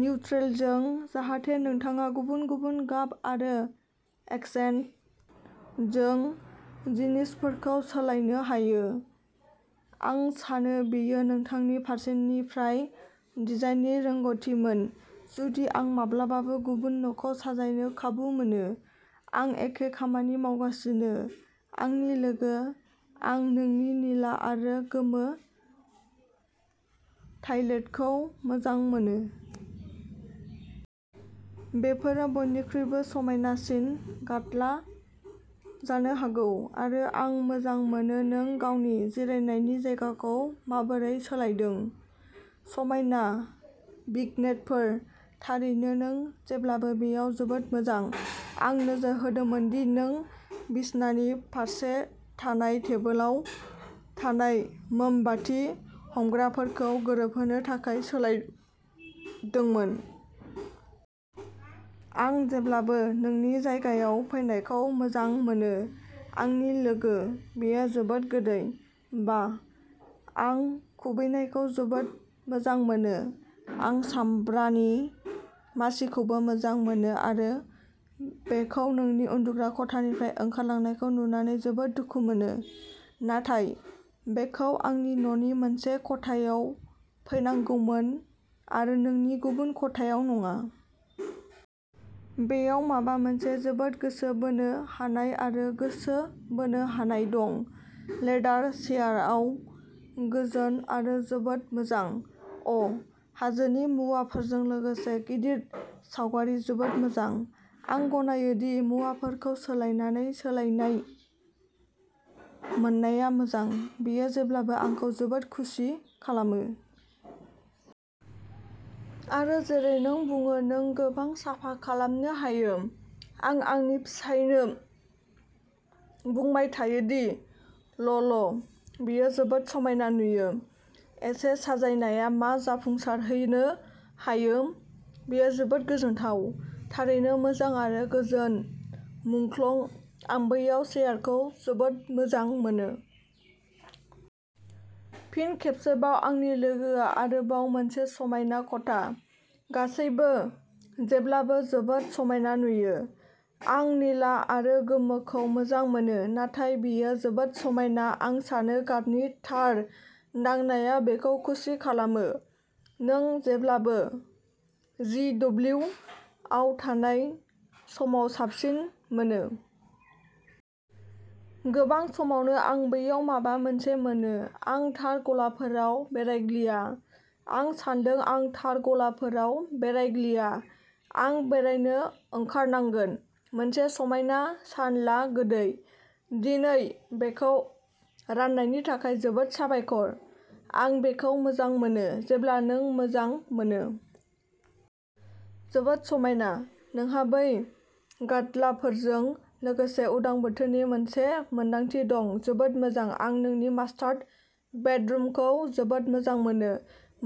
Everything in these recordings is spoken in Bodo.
निउट्रेलजों जाहाथे नोंथाङा गुबुन-गुबुन गाब आरो एक्सेन्टजों जिनिसफोरखौ सोलायनो हायो! आं सानो बेयो नोंथांनि फारसेनिफ्राय डिजाइननि रोंग'थिमोन!!! जुदि आं माब्लाबाबो गुबुन न'खौ साजायनो खाबु मोनो... आं एखे खामानि मावगासिनो! आंनि लोगो, आं नोंनि निला आरो गोमो टायलेटखौ मोजां मोनो!!! बेफोरो बयनिख्रुइबो समायनासिन गाद्ला जानो हागौ! आरो... आं मोजां मोनो नों गावनि जिरायनायनि जायगाखौ माबोरै सोलायदों! समायना भिग्नेटफोर... थारैनो, नों जेब्लाबो बेयाव जोबोद मोजां! आं नोजोर होदोंमोन दि नों बिसनानि फारसे थानाय टेबोलाव थानाय मोमबाति हमग्राफोरखौ गोरोबहोनो थाखाय सोलायदोंमोन! आं जेब्लाबो नोंनि जायगायाव फैनायखौ मोजां मोनो, आंनि लोगो... बेयो जोबोद गोदै!!! बाह, आं खुबैनायखौ जोबोद मोजां मोनो!! आं सामब्रानि मासिखौबो मोजां मोनो आरो बेखौ नोंनि उन्दुग्रा खथानिफ्राय ओंखारलांनायखौ नुनानै जोबोद दुखु मोनो---नाथाय, बेखौ आंनि न'नि मोनसे खथायाव फैनांगौमोन, आरो नोंनि गुबुन खथायाव नङा। बेयाव माबा मोनसे जोबोद गोसो बोनो हानाय आरो गोसो बोनो हानाय दं। लेदार चेयारआव गोजोन आरो जोबोद मोजां। अ ', हाजोनि मुवाफोरजों लोगोसे गिदिर सावगारि जोबोद मोजां!! आं गनायो दि मुवाफोरखौ सोलायनानै सोलायनाय मोननाया मोजां-- बेयो जेब्लाबो आंखौ जोबोद खुसि खालामो। आरो जेरै नों बुङो नों गोबां साफा खालामनो हायो-- आं आंनि फिसायनो बुंबाय थायो दि, ल'ल! बेयो जोबोद समायना नुयो। एसे साजायनाया मा जाफुंसारहोनो हायो बेयो जोबोद गोजोनथाव। थारैनो मोजां आरो गोजोन मुंख्लं, आं बैयाव चेयारखौ जोबोद मोजां मोनो। फिन खेबसेबाव आंनि लोगोआ आरोबाव मोनसे समायना खथा। गासैबो जेब्लाबो जोबोद समायना नुयो। आं निला आरो गोमोखौ मोजां मोनो, नाथाय बेयो जोबोद समायना। आं सानो गाबनि थार दांनाया बेखौ खुसि खालामो। नों जेब्लाबो जी.दब्लीव आव थानाय समाव साबसिन मोनो। गोबां समावनो आं बैयाव माबा मोनसे मोनो। आं थार गलाफोराव बेरायग्लिया। आं सान्दों आं थार गलाफोराव बेरायग्लिया। आं बेरायनो ओंखारनांगोन। मोनसे समायना सान ला, गोदै। दिनै बेखौ राननायनि थाखाय जोबोद साबायखर। आं बेखौ मोजां मोनो, जेब्ला नों मोजां मोनो। जोबोद समायना! नोंहा बै गाद्लाफोरजों लोगोसे उदां बोथोरनि मोनसे मोनदांथि दं, जोबोद मोजां! आं नोंनि मास्टार बेडरुमखौ जोबोद मोजां मोनो!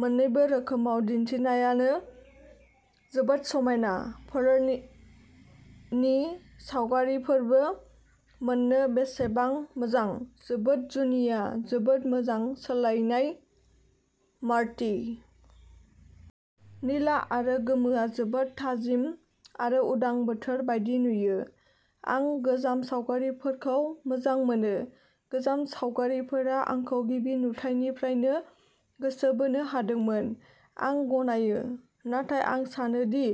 मोन्नैबो रोखोमाव दिन्थिनायानो जोबोद समायना। फोलेरनि सावगारिफोरबो मोन्नो बेसेबां मोजां, जोबोद जुनिया! जोबोद मोजां सोलायनाय, मार्टी! निला आरो गोमोआ जोबोद थाजिम आरो उदां बोथोर बायदि नुयो। आं गोजाम सावगारिफोरखौ मोजां मोनो। गोजाम सावगारिफोरा आंखौ गिबि नुथाइनिफ्रायनो गोसो बोनो हादोंमोन। आं गनायो, नाथाय आं सानो दि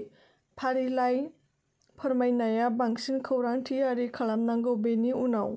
फारिलाइ फोरमायनाया बांसिन खौरां थियारि खालामनांगौ, बेनि उनाव।